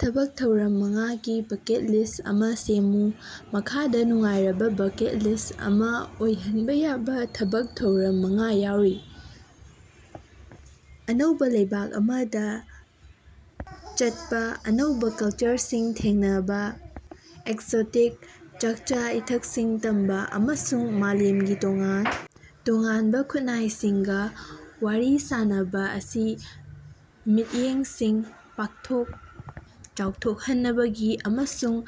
ꯊꯕꯛ ꯊꯧꯔꯝ ꯃꯉꯥꯒꯤ ꯕꯀꯦꯠ ꯂꯤꯁ꯭ꯠ ꯑꯃ ꯁꯦꯝꯃꯨ꯫ ꯃꯈꯥꯗ ꯅꯨꯡꯉꯥꯏꯔꯕꯥ ꯕꯀꯦꯠ ꯂꯤꯁ꯭ꯠ ꯑꯃ ꯑꯣꯏꯍꯟꯕ‌ ꯌꯥꯕ ꯊꯕꯛ ꯊꯧꯔꯝ ꯃꯉꯥ ꯌꯥꯎꯔꯤ - ꯑꯅꯧꯕ ꯂꯩꯕꯥꯛ ꯑꯃꯗ ꯆꯠꯄ - ꯑꯅꯧꯕ ꯀꯜꯆꯔꯁꯤꯡ ꯊꯦꯡꯅꯕ, ꯑꯦꯛꯖꯣꯇꯤꯛ ꯆꯥꯛꯆ-ꯏꯊꯛꯁꯤꯡ ꯇꯝꯕ, ꯑꯃꯁꯨꯡ ꯃꯥꯂꯦꯝꯒꯤ ꯇꯣꯉꯥꯟ ꯇꯣꯉꯥꯟꯕ ꯈꯨꯟꯅꯥꯏꯁꯤꯡꯒ ꯋꯥꯔꯤ ꯁꯥꯅꯕꯥ ꯑꯁꯤ ꯃꯤꯠꯌꯦꯡꯁꯤꯡ ꯄꯥꯛꯊꯣꯛ ꯆꯥꯎꯊꯣꯛꯍꯟꯅꯕꯒꯤ ꯑꯃꯁꯨꯡ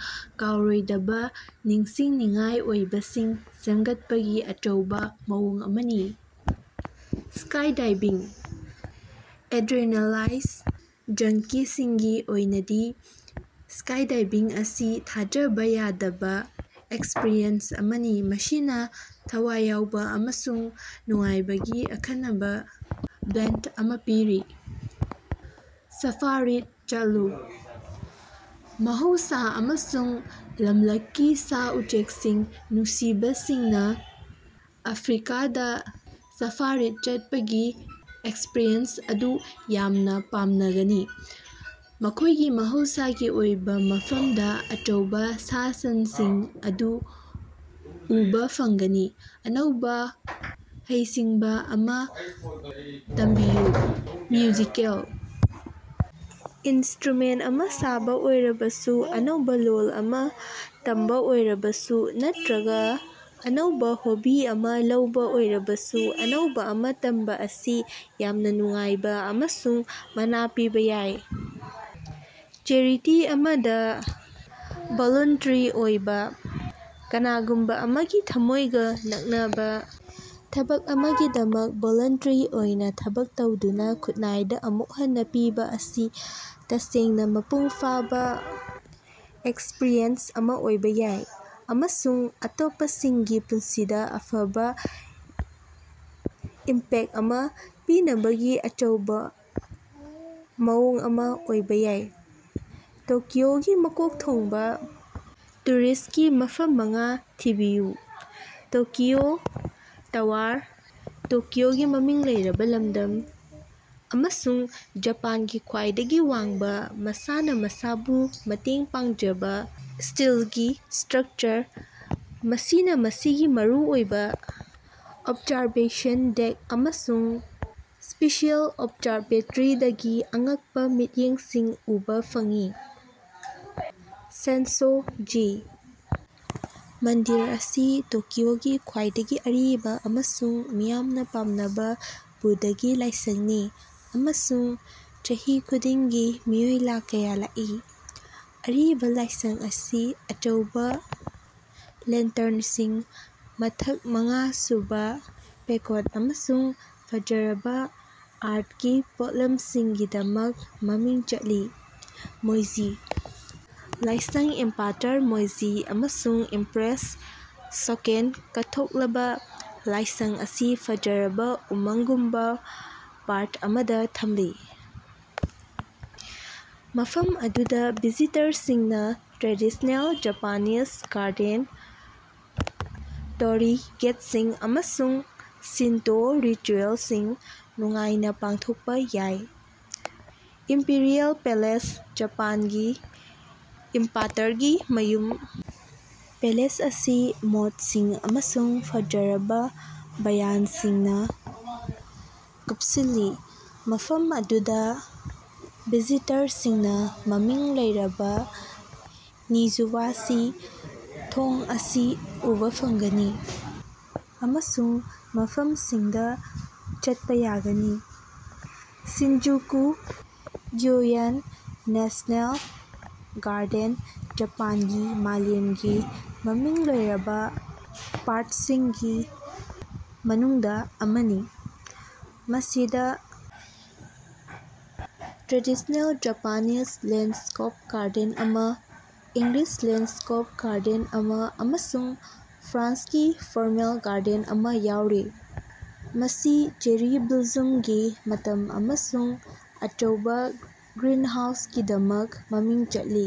ꯀꯥꯎꯔꯣꯏꯗꯕ ꯅꯤꯡꯁꯤꯡꯅꯤꯡꯉꯥꯏ ꯑꯣꯏꯕꯁꯤꯡ ꯁꯦꯝꯒꯠꯄꯒꯤ ꯑꯆꯧꯕ ꯃꯑꯣꯡ ꯑꯃꯅꯤ꯫ ꯁ꯭ꯀꯥꯏꯗꯥꯏꯚꯤꯡ - ꯑꯦꯗ꯭ꯔꯤꯅꯥꯂꯥꯏꯟ ꯖꯪꯀꯤꯁꯤꯡꯒꯤ ꯑꯣꯏꯅꯗꯤ ꯁ꯭ꯀꯥꯏꯗꯥꯏꯚꯤꯡ ꯑꯁꯤ ꯊꯥꯖꯕ ꯌꯥꯗꯕ ꯑꯦꯛꯁꯄꯔꯤꯌꯦꯟꯁ ꯑꯃꯅꯤ ꯃꯁꯤꯅ ꯊꯋꯥꯏ ꯌꯥꯎꯕ ꯑꯃꯁꯨꯡ ꯅꯨꯡꯉꯥꯏꯕꯒꯤ ꯑꯈꯟꯅꯕ ꯕ꯭ꯂꯦꯟꯗ ꯑꯃ ꯄꯤꯔꯤ꯫ ꯁꯥꯐꯥꯔꯤꯗ ꯆꯠꯂꯨ - ꯃꯍꯧꯁꯥ ꯑꯃꯁꯨꯡ ꯂꯝꯂꯛꯀꯤ ꯁꯥ-ꯎꯆꯦꯛꯁꯤꯡ ꯅꯨꯡꯁꯤꯕꯁꯤꯡꯅ ꯑꯐ꯭ꯔꯤꯀꯥꯗ‌ ꯁꯥꯐꯥꯔꯤꯗ ꯆꯠꯄꯒꯤ ꯑꯦꯛꯁꯄꯔꯤꯌꯦꯟꯁ ꯑꯗꯨ ꯌꯥꯝꯅ ꯄꯥꯝꯅꯒꯅꯤ, ꯃꯈꯣꯏꯒꯤ ꯃꯍꯧꯁꯥꯒꯤ ꯑꯣꯏꯕ ꯃꯐꯝꯗ ꯑꯆꯧꯕ ꯁꯥ-ꯁꯟꯁꯤꯡ ꯑꯗꯨ ꯎꯕꯥ ꯐꯪꯒꯅꯤ꯫ ꯑꯅꯧꯕ ꯍꯩꯁꯤꯡꯕ ꯑꯃ ꯇꯝꯕꯤꯌꯨ - ꯃ꯭ꯌꯨꯖꯤꯀꯦꯜ ꯏꯟꯁꯇ꯭ꯔꯨꯃꯦꯟꯇ ꯑꯃ ꯁꯥꯕ ꯑꯣꯏꯔꯕꯁꯨ, ꯑꯅꯧꯕ‌ ꯂꯣꯜ ꯑꯃ ꯇꯝꯕ ꯑꯣꯏꯔꯕꯁꯨ ꯅꯠꯇꯔꯒ‌ ꯑꯅꯧꯕ ꯍꯣꯕꯤ ꯑꯃ ꯂꯧꯕ ꯑꯣꯏꯔꯕꯁꯨ, ꯑꯅꯧꯕ ꯑꯃ ꯇꯝꯕ ꯑꯁꯤ ꯌꯥꯝꯅ ꯅꯨꯡꯉꯥꯏꯕ ꯑꯃꯁꯨꯡ ꯃꯅꯥ ꯄꯤꯕ‌ ꯌꯥꯏ꯫ ꯆꯦꯔꯤꯇꯤ ꯑꯃꯗ ꯚꯣꯂꯨꯟꯇꯔꯤ ꯑꯣꯏꯕ - ꯀꯅꯥꯒꯨꯝꯕ‌ꯑꯃꯒꯤ ꯊꯝꯃꯣꯏꯒ ꯅꯛꯅꯕꯥ ꯊꯕꯛ ꯑꯃꯒꯤꯗꯃꯛ ꯚꯣꯂꯨꯟꯇꯔꯤ ꯑꯣꯏꯅ ꯊꯕꯛ ꯇꯧꯗꯨꯅ ꯈꯨꯟꯅꯥꯏꯗ ꯑꯃꯨꯛ ꯍꯟꯅ ꯄꯤꯕ ꯑꯁꯤ ꯇꯁꯦꯡꯅ ꯃꯄꯨꯡ ꯐꯥꯕ ꯑꯦꯛꯁꯄꯔꯤꯌꯦꯟꯁ ꯑꯃ ꯑꯣꯏꯕ ꯌꯥꯏ, ꯑꯃꯁꯨꯡ ꯑꯇꯣꯞꯄꯁꯤꯡꯒꯤ ꯄꯨꯟꯁꯤꯗ ꯑꯐꯕ ꯏꯝꯄꯦꯛꯇ ꯑꯃ ꯄꯤꯅꯕꯒꯤ ꯑꯆꯧꯕ ꯃꯑꯣꯡ ꯑꯃ ꯑꯣꯏꯕ ꯌꯥꯏ꯫ ꯇꯣꯀꯤꯑꯣꯒꯤ ꯃꯀꯣꯛ ꯊꯣꯡꯕ ꯇꯨꯔꯤꯁ꯭ꯠꯀꯤ ꯃꯐꯝ ꯃꯉꯥ ꯊꯤꯕꯤꯌꯨ꯫ ꯇꯣꯀꯤꯑꯣ ꯇꯋꯥꯔ ꯇꯣꯀꯤꯑꯣꯒꯤ ꯃꯃꯤꯡ ꯂꯩꯔꯕ ꯂꯝꯗꯝ, ꯑꯃꯁꯨꯡ ꯖꯄꯥꯟꯒꯤ ꯈ꯭ꯋꯥꯏꯗꯒꯤ ꯋꯥꯡꯕ ꯃꯁꯥꯅ ꯃꯁꯥꯕꯨ ꯃꯇꯦꯡ ꯄꯥꯡꯖꯕ ꯁ꯭ꯇꯤꯜꯒꯤ ꯁ꯭ꯇꯔꯛꯆꯔ, ꯃꯁꯤꯅ ꯃꯁꯤꯒꯤ ꯃꯔꯨꯑꯣꯏꯕ ꯑꯣꯕꯖꯥꯔꯕꯦꯁꯟ ꯗꯦꯛ ꯑꯃꯁꯨꯡ ꯁ꯭ꯄꯦꯁꯤꯑꯦꯜ ꯑꯣꯕꯖꯔꯕꯦꯇꯔꯤꯗꯒꯤ ꯑꯉꯛꯄ‌ ꯃꯤꯠꯌꯦꯡꯁꯤꯡ ꯎꯕꯥ ꯐꯪꯏ꯫ ꯁꯦꯟꯁꯣ-ꯖꯤ ꯃꯟꯗꯤꯔ ꯑꯁꯤ ꯇꯣꯀꯤꯑꯣꯒꯤ ꯈ꯭ꯋꯥꯏꯗꯒꯤ ꯑꯔꯤꯕ ꯑꯃꯁꯨꯡ ꯃꯤꯌꯥꯝꯅ ꯄꯥꯝꯅꯕꯥ ꯕꯨꯙꯒꯤ ꯂꯥꯏꯁꯡꯅꯤ, ꯑꯃꯁꯨꯡ ꯆꯍꯤ ꯈꯨꯗꯤꯡꯒꯤ ꯃꯤꯑꯣꯏ ꯂꯥꯈ ꯀꯌ ꯂꯥꯛꯏ꯫ ꯑꯔꯤꯕ ꯂꯥꯏꯁꯡ ꯑꯁꯤ ꯑꯆꯧꯕ ꯂꯦꯟꯇꯔꯁꯤꯡ, ꯃꯊꯛ ꯃꯉꯥ ꯁꯨꯕ ꯄꯦꯒꯣꯗ ꯑꯃꯁꯨꯡ ꯐꯖꯔꯕꯥ ꯑꯥ꯭ꯔꯠꯀꯤ ꯄꯣꯠꯂꯝꯁꯤꯡꯒꯤꯗꯃꯛ ꯃꯃꯤꯡ ꯆꯠꯂꯤ꯫ ꯃꯦꯏꯖꯤ ꯂꯥꯏꯁꯡ ꯏꯝꯄꯥꯔꯇꯔ ꯃꯦꯏꯖꯤ ꯑꯃꯁꯨꯡ ꯏꯝꯄ꯭ꯔꯦꯁ ꯁꯣꯀꯦꯟꯗ ꯀꯠꯊꯣꯛꯂꯕꯥ ꯂꯥꯏꯁꯡ ꯑꯁꯤ ꯐꯖꯔꯕꯥ ꯎꯃꯪꯒꯨꯝꯕ ꯄꯥꯔꯛ ꯑꯃꯗ ꯊꯝꯂꯤ, ꯃꯐꯝ ꯑꯗꯨꯗ ꯚꯤꯖꯤꯇꯔꯁꯤꯡꯅ ꯇ꯭ꯔꯦꯗꯤꯁ꯭ꯅꯦꯜ ꯖꯄꯥꯅꯤꯖ ꯒꯥꯔꯗꯦꯟ, ꯇꯣꯔꯤ ꯒꯦꯠꯁꯤꯡ, ꯑꯃꯁꯨꯡ ꯁꯤꯟꯇꯣ ꯔꯤꯇꯨꯌꯦꯜꯁꯤꯡ ꯅꯨꯡꯉꯥꯏꯅ ꯄꯥꯡꯊꯣꯛꯄ ꯌꯥꯏ꯫ ꯏꯝꯄꯤꯔꯤꯑꯦꯜ ꯄꯦꯂꯦꯁ ꯖꯄꯥꯟꯒꯤ ꯏꯝꯄꯥꯔꯇꯔꯒꯤ ꯃꯌꯨꯝ, ꯄꯦꯂꯦꯁ ꯑꯁꯤ ꯃꯣꯠꯁꯤꯡ ꯑꯃꯁꯨꯡ ꯐꯖꯔꯕꯥ ꯕꯥꯒꯥꯟꯁꯤꯡꯅ ꯀꯨꯞꯁꯤꯜꯂꯤ, ꯃꯐꯝ ꯑꯗꯨꯗ ꯚꯤꯖꯤꯇꯔꯁꯤꯡꯅ ꯃꯃꯤꯡ ꯂꯩꯔꯕ ꯅꯤꯖꯨꯕꯥꯁꯤ ꯊꯣꯡ ꯑꯁꯤ ꯎꯕꯥ ꯐꯪꯒꯅꯤ, ꯑꯃꯁꯨꯡ ꯃꯐꯝꯁꯤꯡꯗ ꯆꯠꯄ ꯌꯥꯒꯅꯤ꯫ ꯁꯤꯟꯖꯨꯀꯨ ꯒ꯭ꯌꯣꯌꯦꯟ ꯅꯦꯁ꯭ꯅꯦꯜ ꯒꯥꯔꯗꯦꯟ ꯖꯄꯥꯟꯒꯤ ꯃꯥꯂꯦꯝꯒꯤ ꯃꯃꯤꯡ ꯂꯩꯔꯕ ꯄꯥ꯭ꯔꯛꯁꯤꯡꯒꯤ ꯃꯅꯨꯡꯗ ꯑꯃꯅꯤ ꯃꯁꯤꯗ ꯇ꯭ꯔꯦꯗꯤꯁ꯭ꯅꯦꯜ ꯖꯄꯥꯅꯤꯖ ꯂꯦꯟꯗꯁ꯭ꯀꯦꯞ ꯒꯥꯔꯗꯦꯟ ꯑꯃ, ꯏꯪꯂꯤꯁ ꯂꯦꯟꯗꯁ꯭ꯀꯦꯞ ꯒꯥꯔꯗꯦꯟ ꯑꯃ, ꯑꯃꯁꯨꯡ ꯐ꯭ꯔꯥꯟꯁꯀꯤ ꯐꯣꯔꯃꯦꯜ ꯒꯥꯔꯗꯦꯟ ꯑꯃ ꯌꯥꯎꯔꯤ꯫ ꯃꯁꯤ ꯆꯦꯔꯤ ꯕ꯭ꯂꯣꯖꯨꯝꯒꯤ ꯃꯇꯝ ꯑꯃꯁꯨꯡ ꯑꯆꯧꯕ ꯒ꯭ꯔꯤꯟꯍꯥꯎꯁꯀꯤꯗꯃꯛ ꯃꯃꯤꯡ ꯆꯠꯂꯤ꯫